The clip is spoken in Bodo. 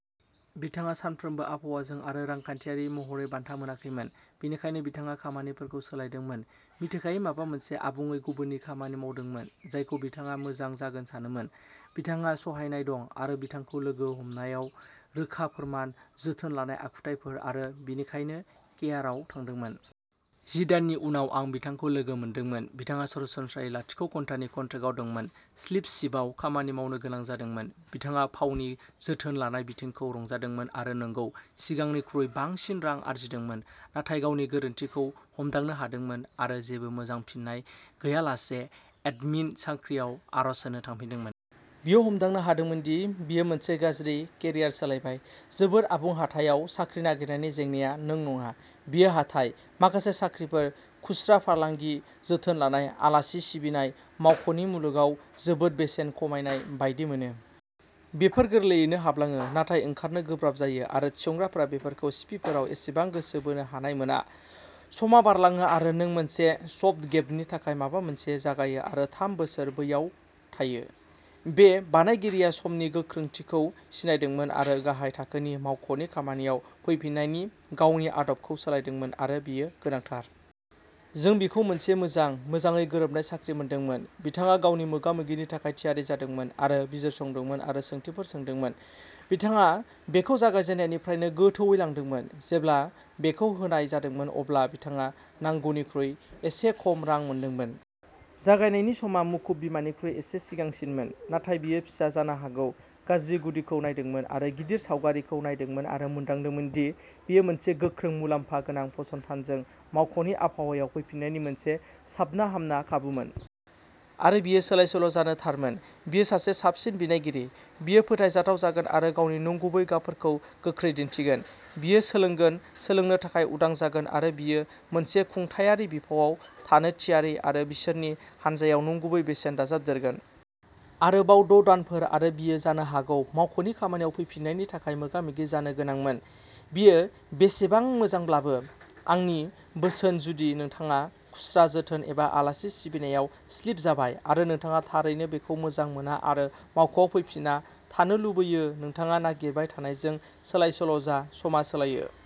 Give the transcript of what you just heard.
बिथाङा सानफ्रोमबो आबहावाजों आरो रांखान्थियारि महरै बान्था मोनाखैमोन। बेनिखायनो बिथाङा खामानिफोरखौ सोलायदोंमोन, मिथिखायै माबा मोनसे आबुङै गुबुन खामानि मावदोंमोन जायखौ बिथाङा मोजां जागोन सानोमोन। बिथांहा सहायनाय दं आरो बिथांखौ लोगो हमनायाव, रोखा फोरमान, जोथोन लानाय आखुथायफोर आरो बेनिखायनो केयारआव थांदोंमोन। जि दाननि उनाव आं बिथांखौ लोगो मोनदोंमोन। बिथाङा सरासनस्रायै लाथिख' घन्टानि कन्ट्रेक्टआव दंमोन, स्प्लिट शिफ्टआव खामानि मावनो गोनां जादोंमोन। बिथाङा फावनि जोथोन लानाय बिथिंखौ रंजादोंमोन आरो नंगौ, सिगांनिख्रुइ बांसिन रां आर्जिदोंमोन, नाथाय गावनि गोरोन्थिखौ हमदांनो हादोंमोन आरो जेबो मोजां फिननाय गैयालासे एडमिन साख्रिआव आर'ज होनो थांफिनदोंमोन। बियो हमदांनो हादोंमोन दि बियो मोनसे गाज्रि केरियार सोलायबाय। जोबोद आबुं हाथायाव साख्रि नागिरनायनि जेंनाआ नों नङा। बेयो हाथाइ। माखासे साख्रिफोर, खुस्रा फालांगि, जोथोन लानाय, आलासि सिबिनाय, मावख'नि मुलुगाव जोबोद बेसेन खमायनाय बायदि मोनो। बेफोर गोरलैयैनो हाबलाङो नाथाय ओंखारनो गोब्राब जायो आरो थिसनग्राफोरा बेफोरखौ सिभिफोराव एसेबां गोसो बोनो हानाय मोना। समआ बारलाङो आरो नों मोनसे सप-गेपनि थाखाय माबा मोनसे जागायो आरो थाम बोसोर बैयाव थायो। बे बानायगिरिया समनि गोख्रोंथिखौ सिनायदोंमोन आरो गाहाय थाखोनि मावख'नि खामानियाव फैफिन्नायनि गावनि आदबखौ सोलायदोंमोन आरो बेयो गोनांथार। जों बिखौ मोनसे मोजां, मोजाङै गोरोबनाय साख्रि मोनदोंमोन। बिथाङा गावनि मोगा-मोगिनि थाखाय थियारि जादोंमोन आरो बिजिरसंदोंमोन आरो सोंथिफोर सोंदोंमोन। बिथाङा बेखौ जागायजेन्नायनिफ्रायनो गोथौवै लादोंमोन। जेब्ला बेखौ होनाय जादोंमोन अब्ला बिथाङा नांगौनिख्रुइ एसे खम रां मोनदोंमोन। जागायनायनि समा मुखुब बिमा निख्रुइ एसे सिगांसिनमोन, नाथाय बियो फिसा, जानो हागौ गाज्रि गुदिखौ नायदोंमोन आरो गिदिर सावगारिखौ नायदोंमोन आरो मोनदांदोंमोन दि बेयो मोनसे गोख्रों, मुलाम्फा गोनां फसंथानजों मावख'नि आबहावायाव फैफिन्नायनि मोनसे साबनाहामना खाबुमोन। आरो बियो सोलायसोल' जानो थारमोन। बियो सासे साबसिन बिनायगिरि। बियो फोथायजाथाव जागोन आरो गावनि नंगुबै गाबफोरखौ गोख्रै दिन्थिगोन। बियो सोलोंगोन, सोलोंनो थाखाय उदां जागोन आरो बियो मोनसे खुंथायारि बिफावआव थानो थियारि आरो बिसोरनि हानजायाव नंगुबै बेसेन दाजाबदेरगोन। आरोबाव द' दानफोर आरो बियो जानो हागौ मावख'नि खामानियाव फैफिन्नायनि थाखाय मोगामोगि जानो गोनांमोन। बियो बेसेबां मोजांब्लाबो। आंनि बोसोन जुदि नोंथाङा खुस्रा, जोथोन एबा आलासि सिबिनायाव स्लिप जाबाय आरो नोंथाङा थारैनो बेखौ मोजां मोना आरो मावख'आव फैफिन्ना थानो लुबैयो-नोंथाङा नागिरबाय थानायजों सोलायसोल' जा। समआ सोलायो।